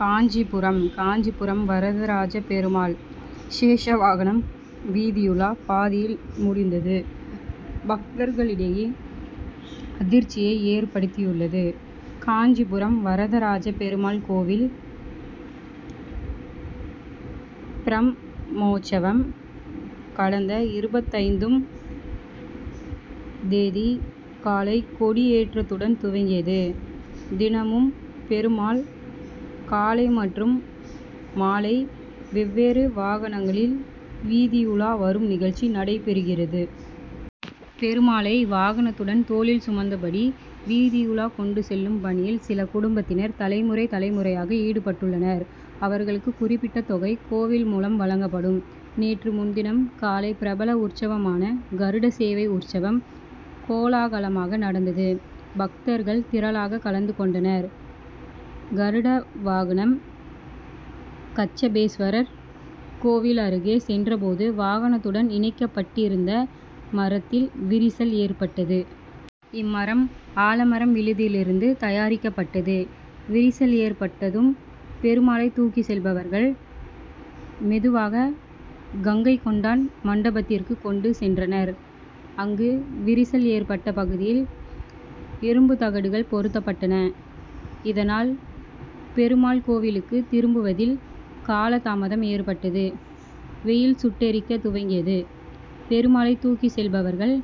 காஞ்சிபுரம் காஞ்சிபுரம் வரதராஜ பெருமாள், சேஷ வாகனம் வீதியுலா பாதியில் முடிந்தது, பக்தர்களிடையே அதிர்ச்சியை ஏற்படுத்தியுள்ளது. காஞ்சிபுரம் வரதராஜ பெருமாள் கோவில் பிரம்மோற்சவம், கடந்த இருபத்தைந்தும் தேதி காலை கொடியேற்றத்துடன் துவங்கியது. தினமும் பெருமாள் காலை மற்றும் மாலை வெவ்வேறு வாகனங்களில், வீதியுலா வரும் நிகழ்ச்சி நடைபெறுகிறது. பெருமாளை வாகனத்துடன் தோளில் சுமந்தபடி, வீதியுலா கொண்டு செல்லும் பணியில், சில குடும்பத்தினர் தலைமுறை, தலைமுறையாக ஈடுபட்டுள்ளனர். அவர்களுக்கு, குறிப்பிட்ட தொகை கோவில் மூலம் வழங்கப்படும். நேற்று முன்தினம், காலை பிரபல உற்சவமான கருடசேவை உற்சவம் கோலாகலமாக நடந்தது. பக்தர்கள் திரளாக கலந்து கொண்டனர். கருடவாகனம் கச்சபேஸ்வரர் கோவில் அருகே சென்றபோது, வாகனத்துடன் இணைக்கப்பட்டிருந்த மரத்தில், விரிசல் ஏற்பட்டது. இம்மரம் ஆலமரம் விழுதிலிருந்து தயாரிக்கப்பட்டது. விரிசல் ஏற்பட்டதும், பெருமாளை தூக்கி செல்பவர்கள், மெதுவாக கங்கை கொண்டான் மண்டபத்திற்கு கொண்டு சென்றனர். அங்கு விரிசல் ஏற்பட்ட பகுதியில், இரும்பு தகடுகள் பொருத்தப்பட்டன. இதனால், பெருமாள் கோவிலுக்கு திரும்புவதில், காலதாமதம் ஏற்பட்டது. வெயில் சுட்டெரிக்க துவங்கியது. பெருமாளை தூக்கி செல்பவர்கள்,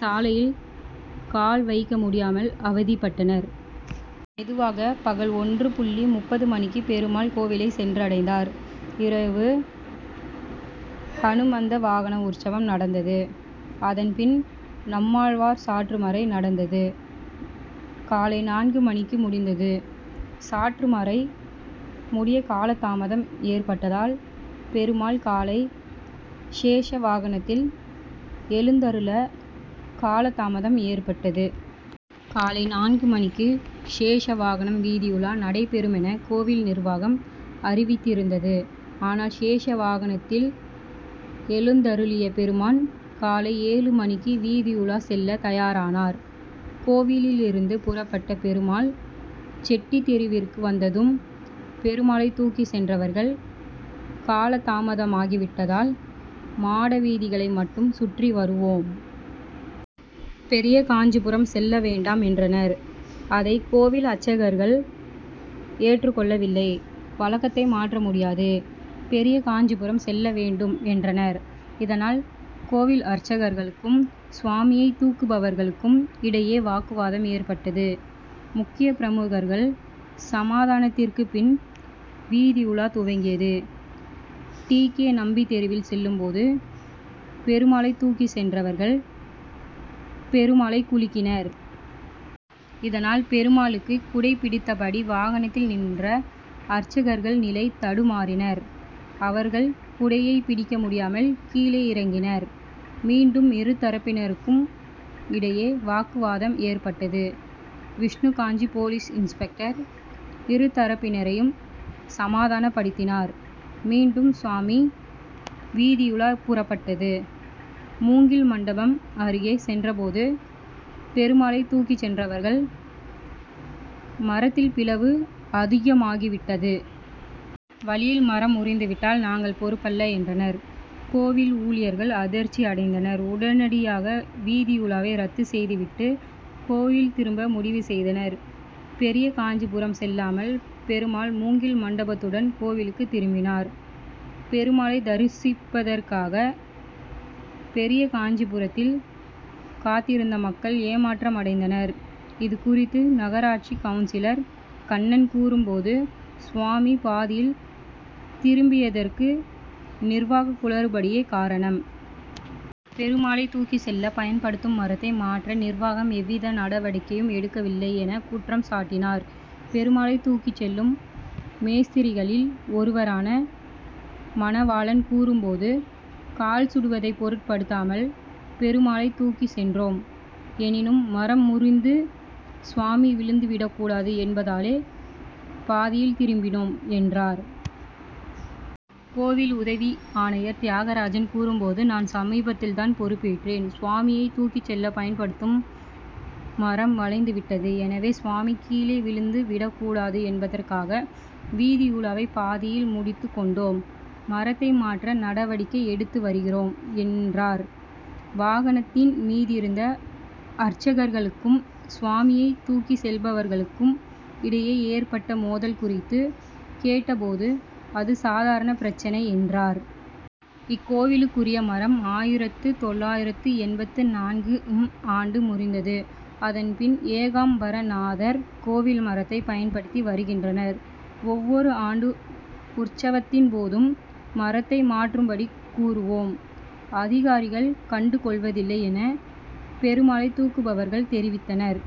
சாலையில் கால் வைக்க முடியாமல் அவதிப்பட்டனர். மெதுவாக பகல் ஒன்று புள்ளி முப்பது மணிக்கு பெருமாள் கோவிலை சென்றடைந்தார். இரவு ஹனுமந்த வாகன உற்சவம் நடந்தது. அதன்பின் நம்மாழ்வார் சாற்றுமறை நடந்தது. காலை நான்கு மணிக்கு முடிந்தது. சாற்றுமறை முடிய காலதாமதம் ஏற்பட்டதால், பெருமாள் காலை சேஷ வாகனத்தில் எழுந்தருள காலதாமதம் ஏற்பட்டது. காலை நான்கு மணிக்கு சேஷ வாகனம் வீதியுலா நடைபெறுமென, கோவில் நிர்வாகம் அறிவித்திருந்தது. ஆனால் சேஷ வாகனத்தில் எழுந் தருளிய பெருமாள், காலை ஏழு மணிக்கு வீதியுலா செல்ல தயாரானார். கோவிலிலிருந்து புறப்பட்ட பெருமாள் செட்டித்தெருவிற்கு வந்ததும், பெருமாளை தூக்கி சென்றவர்கள், காலதாமதமாகிவிட்டதால் மாட வீதிகளை மட்டும் சுற்றி வருவோம். பெரியகாஞ்சிபுரம் செல்ல வேண்டாம் என்றனர். அதை கோவில் அர்ச்சகர்கள் ஏற்றுக் கொள்ளவில்லை. வழக்கத்தை மாற்ற முடியாது. பெரியகாஞ்சிபுரம் செல்ல வேண்டும் என்றனர். இதனால் கோவில் அர்ச்சகர்களுக்கும், சுவாமியை தூக்குபவர்களுக்கும் இடையே வாக்குவாதம் ஏற்பட்டது. முக்கிய பிரமுகர்கள் சமாதானத்திற்கு பின், வீதியுலா துவங்கியது. டி. கே. நம்பி தெருவில் செல்லும்போது, பெருமாளை தூக்கி சென்றவர்கள், பெருமாளை குலுக்கினர். இதனால் பெருமாளுக்கு குடைபிடித்தபடி வாகனத்தில் நின்ற அர்ச்சகர்கள் நிலை தடுமாறினர். அவர்கள் குடையை பிடிக்க முடியாமல் கீழே இறக்கினர். மீண்டும் இரு தரப்பினருக்கும் இடையே, வாக்குவாதம் ஏற்பட்டது. விஷ்ணுகாஞ்சி போலீஸ் இன்ஸ்பெக்டர் இரு தரப்பினரையும் சமாதானப்படுத்தினார். மீண்டும் சுவாமி வீதியுலா புறப்பட்டது. மூங்கில் மண்டபம் அருகே சென்றபோது, பெருமாளை தூக்கி சென்றவர்கள் மரத்தில் பிளவு அதிகமாகிவிட்டது. வழியில் மரம் முறிந்துவிட்டால், நாங்கள் பொறுப்பல்ல என்றனர். கோவில் ஊழியர்கள் அதிர்ச்சி அடைந்தனர். உடனடியாக வீதியுலாவை, ரத்து செய்துவிட்டு, கோவில் திரும்ப முடிவு செய்தனர். பெரியகாஞ்சிபுரம் செல்லாமல், பெருமாள் மூங்கில் மண்டபத்துடன், கோவிலுக்கு திரும்பினார். பெருமாளை தரிசிப்பதற்காக, பெரியகாஞ்சிபுரத்தில் காத்திருந்த மக்கள் ஏமாற்றமடைந்தனர். இதுகுறித்து நகராட்சி கவுன்சிலர் கண்ணன் கூறும்போது, சுவாமி பாதியில் திரும்பியதற்கு, நிர்வாக குளறுபடியே காரணம். பெருமாளை தூக்கி செல்ல பயன்படுத்தும் மரத்தை மாற்ற, நிர்வாகம் எவ்வித நடவடிக்கையும் எடுக்கவில்லை' என குற்றம் சாட்டினார். பெருமாளை தூக்கி செல்லும் மேஸ்திரிகளில் ஒருவரான, மணவாளன் கூறும்போது, கால் சுடுவதை பொருட்படுத்தாமல், பெருமாளை தூக்கி சென்றோம். எனினும் மரம் முறிந்து சுவாமி விழுந்து விடக்கூடாது என்பதாலே பாதியில் திரும்பினோம் என்றார். கோவில் உதவி ஆணையர் தியாகராஜன் கூறும்போது, நான் சமீபத்தில் தான் பொறுப்பேற்றேன். சுவாமியை தூக்கி செல்ல பயன்படுத்தும் மரம் வளைந்து விட்டது. எனவே சுவாமி கீழே விழுந்து விடக்கூடாது என்பதற்காக வீதியுலாவை பாதியில் முடித்து கொண்டோம். மரத்தை மாற்ற நடவடிக்கை எடுத்து வருகிறோம் என்றார். வாகனத்தின் மீதிருந்த அர்ச்சகர்களுக்கும், சுவாமியை தூக்கி செல்பவர்களுக்கும் இடையே ஏற்பட்ட மோதல் குறித்து கேட்டபோது, அது சாதாரண பிரச்னை என்றார். இக்கோவிலுக்குரிய மரம் ஆயிரத்து தொள்ளாயிரத்து எண்பத்து நான்கு ம் ஆண்டு முறிந்தது. அதன்பின் ஏகாம்பரநாதர் கோவில் மரத்தை, பயன்படுத்தி வருகின்றனர். ஒவ்வொரு ஆண்டு உற்சவத்தின்போதும், மரத்தை மாற்றும்படி கூறுவோம். அதிகாரிகள் கண்டு கொள்வதில்லை என பெருமாளை தூக்குபவர்கள் தெரிவித்தனர்.